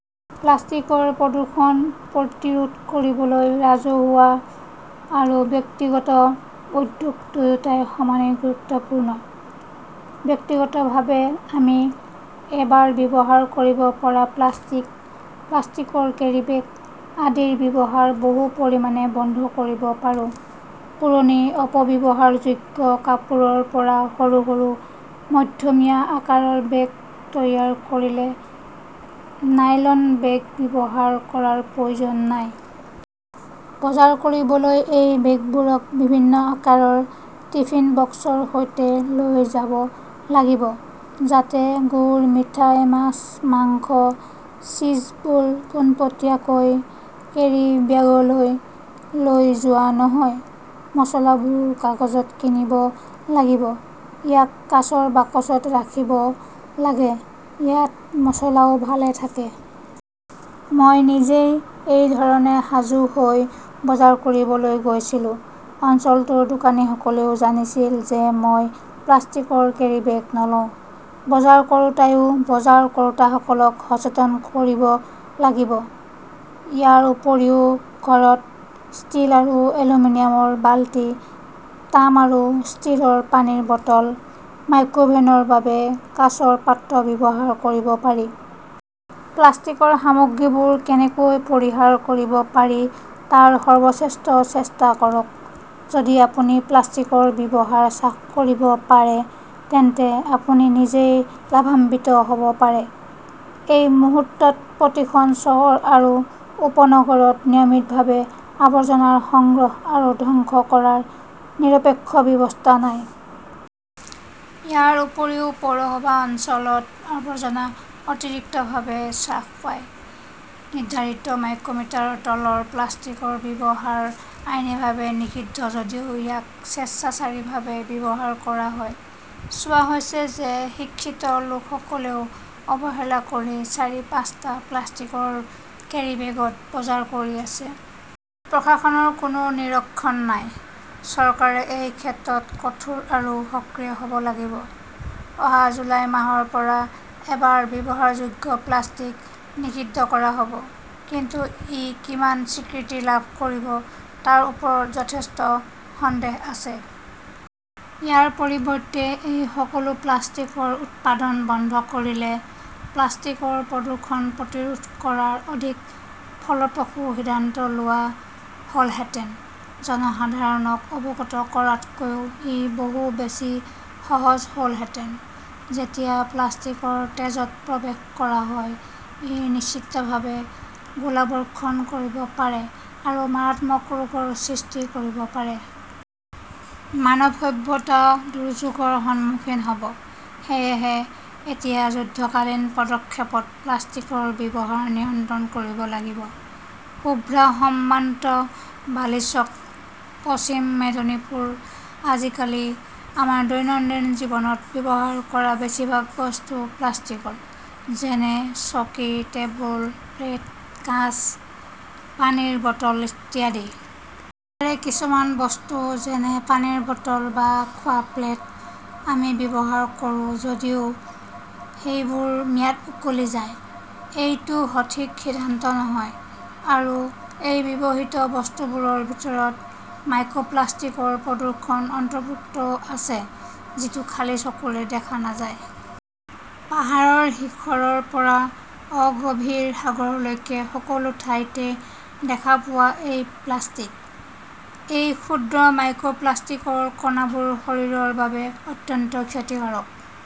প্লাষ্টিকৰ প্ৰদূষণ প্ৰতিৰোধ কৰিবলৈ ৰাজহুৱা আৰু ব্যক্তিগত উদ্যোগ দুয়োটাই সমানেই গুৰুত্বপূৰ্ণ। ব্যক্তিগতভাৱে আমি এবাৰ ব্যৱহাৰ কৰিব পৰা প্লাষ্টিক, প্লাষ্টিকৰ কেৰিবেগ আদিৰ ব্যৱহাৰ বহু পৰিমাণে বন্ধ কৰিব পাৰোঁ। পুৰণি অপব্যৱহাৰযোগ্য কাপোৰৰ পৰা সৰু সৰু মধ্যমীয়া আকাৰৰ বেগ তৈয়াৰ কৰিলে নাইলন বেগ ব্যৱহাৰ কৰাৰ প্ৰয়োজন নাই। বজাৰ কৰিবলৈ, এই বেগবোৰক বিভিন্ন আকাৰৰ টিফিন বক্সৰ সৈতে লৈ যাব লাগিব যাতে গুড়, মিঠাই, মাছ, মাংস, চীজবোৰ পোনপটীয়াকৈ কেৰিব্যাগলৈ লৈ যোৱা নহয়। মচলাবোৰ কাগজত কিনিব লাগিব। ইয়াক কাঁচৰ বাকচত ৰাখিব লাগে, ইয়াত মছলাও ভাল থাকে। মই নিজেই এই ধৰণে সাজু হৈ বজাৰ কৰিবলৈ গৈছিলো। অঞ্চলটোৰ দোকানীসকলেও জানিছিল যে মই প্লাষ্টিকৰ কেৰীবেগ নলওঁ। বজাৰ কৰোঁতাইও বজাৰ কৰোঁতাসকলক সচেতন কৰিব লাগিব। ইয়াৰ উপৰিও ঘৰত ষ্টীল আৰু এলুমিনিয়ামৰ বালতি, তাম আৰু ষ্টীলৰ পানীৰ বটল, মাইক্ৰঅভেনৰ বাবে কাঁচৰ পাত্ৰ ব্যৱহাৰ কৰিব পাৰি। প্লাষ্টিকৰ সামগ্ৰীবোৰ কেনেকৈ পৰিহাৰ কৰিব পাৰি তাৰ সৰ্বশ্ৰেষ্ঠ চেষ্টা কৰক। যদি আপুনি প্লাষ্টিকৰ ব্যৱহাৰ হ্ৰাস কৰিব পাৰে তেন্তে আপুনি নিজেই লাভান্বিত হ'ব পাৰে। এই মুহূৰ্তত প্ৰতিখন চহৰ আৰু উপনগৰত নিয়মিতভাৱে আৱৰ্জনা সংগ্ৰহ আৰু ধ্বংস কৰাৰ নিৰপেক্ষ ব্যৱস্থা নাই। ইয়াৰ উপৰিও পৌৰসভা অঞ্চলত আৱৰ্জনা অতিৰিক্তভাৱে হ্ৰাস পায়। নিৰ্ধাৰিত মাইক্ৰমিটাৰৰ তলৰ প্লাষ্টিকৰ ব্যৱহাৰ আইনীভাৱে নিষিদ্ধ যদিও ইয়াক স্বেচ্ছাচাৰীভাৱে ব্যৱহাৰ কৰা হয়। চোৱা হৈছে যে শিক্ষিত লোকসকলেও অৱহেলা কৰি চাৰি-পাঁচটা প্লাষ্টিকৰ কেৰীবেগত বজাৰ কৰি আছে। প্ৰশাসনৰ কোনো নিৰীক্ষণ নাই। চৰকাৰে এই ক্ষেত্ৰত কঠোৰ আৰু সক্ৰিয় হ'ব লাগিব। অহা জুলাই মাহৰ পৰা এবাৰ ব্যৱহাৰযোগ্য প্লাষ্টিক নিষিদ্ধ কৰা হ'ব। কিন্তু ই কিমান স্বীকৃতি লাভ কৰিব তাৰ ওপৰত যথেষ্ট সন্দেহ আছে। ইয়াৰ পৰিৱৰ্তে, এই সকলো প্লাষ্টিকৰ উৎপাদন বন্ধ কৰিলে প্লাষ্টিকৰ প্ৰদূষণ প্ৰতিৰোধ কৰাৰ অধিক ফলপ্ৰসূ সিদ্ধান্ত লোৱা হ'লহেঁতেন। জনসাধাৰণক অৱগত কৰাতকৈ ই বহু বেছি সহজ হ'লহেঁতেন। যেতিয়া প্লাষ্টিকৰ তেজত প্ৰৱেশ কৰা হয়, ই নিশ্চিতভাৱে গোলাবৰ্ষণ কৰিব পাৰে আৰু মাৰাত্মক ৰোগৰ সৃষ্টি কৰিব পাৰে। মানৱ সভ্যতা দুৰ্যোগৰ সন্মুখীন হ'ব। সেয়েহে এতিয়া যুদ্ধকালীন পদক্ষেপত প্লাষ্টিকৰ ব্যৱহাৰ নিয়ন্ত্ৰণ কৰিব লাগিব। শুভ্ৰা সামন্ত বালিচক, পশ্চিম মেদিনীপুৰ আজিকালি আমাৰ দৈনন্দিন জীৱনত ব্যৱহাৰ কৰা বেছিভাগ বস্তু প্লাষ্টিকৰ। যেনে চকী, টেবুল, প্লেট, কাঁচ, পানীৰ বটল ইত্যাদি। ইয়াৰে কিছুমান বস্তু, যেনে পানীৰ বটল বা খোৱা প্লেট, আমি ব্যৱহাৰ কৰোঁ যদিও সেইবোৰ ম্যাদ উকলি যায়। এইটো সঠিক সিদ্ধান্ত নহয়। আৰু এই ব্যৱহৃত বস্তুবোৰৰ ভিতৰত মাইক্ৰপ্লাষ্টিকৰ প্ৰদূষণ অন্তৰ্ভুক্ত আছে, যিটো খালী চকুৰে দেখা নাযায়। পাহাৰৰ শিখৰৰ পৰা অগভীৰ সাগৰলৈকে সকলো ঠাইতে দেখা পোৱা এই প্লাষ্টিক। এই ক্ষুদ্ৰ মাইক্ৰপ্লাষ্টিকৰ কণাবোৰ শৰীৰৰ বাবে অত্যন্ত ক্ষতিকাৰক।